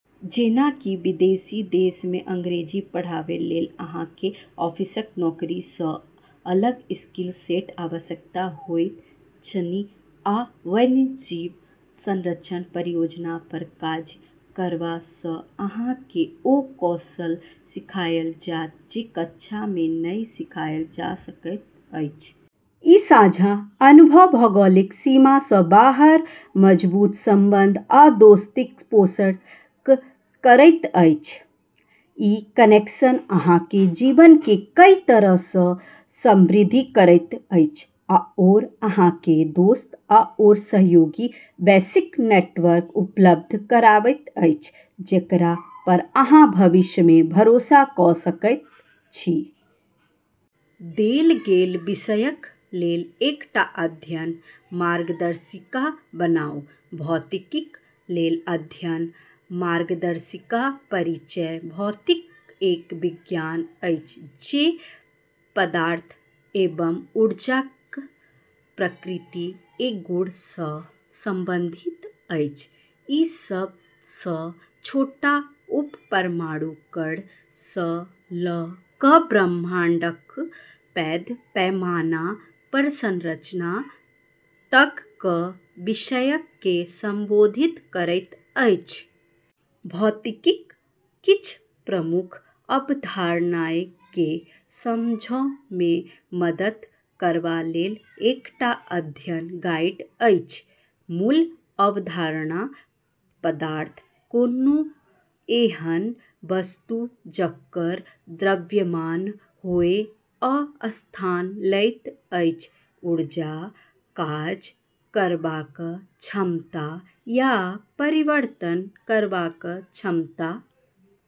जेना कि विदेशी देश मे अंग्रेजी पढ़ाबै लेल अहाँकेँ ऑफिसक नौकरी सँ अलग स्किल सेटक आवश्यकता होइत छनि, आ वन्यजीव संरक्षण परियोजना पर काज करबा सँ अहाँकेँ ओ कौशल सिखाएल जायत जे कक्षा मे नहि सीखल जा सकैत अछि। ई साझा अनुभव भौगोलिक सीमा सँ बाहर मजबूत संबंध आ दोस्तीक पोषण करैत अछि। ई कनेक्शन अहाँक जीवनकेँ कई तरह सँ समृद्ध करैत अछि आओर अहाँकेँ दोस्त आओर सहयोगीक वैश्विक नेटवर्क उपलब्ध कराबैत अछि जेकरा पर अहाँ भविष्य मे भरोसा कऽ सकैत छी। देल गेल विषयक लेल एकटा अध्ययन मार्गदर्शिका बनाउ। भौतिकीक लेल अध्ययन मार्गदर्शिका परिचय: भौतिकी एक विज्ञान अछि जे पदार्थ एवं ऊर्जाक प्रकृति एवं गुण सँ संबंधित अछि। ई सभ सँ छोट उपपरमाणु कण सँ लऽ कऽ ब्रह्मांडक पैघ पैमाना पर संरचना तकक विषयकेँ संबोधित करैत अछि। भौतिकीक किछ प्रमुख अवधारणाकेँ समझै मे मदद करबा लेल एकटा अध्ययन गाइड अछि। मूल अवधारणा: पदार्थ: कोनो एहन वस्तु जकर द्रव्यमान होए आ स्थान लैत अछि ऊर्जा: काज करबाक क्षमता या परिवर्तन करबाक क्षमता।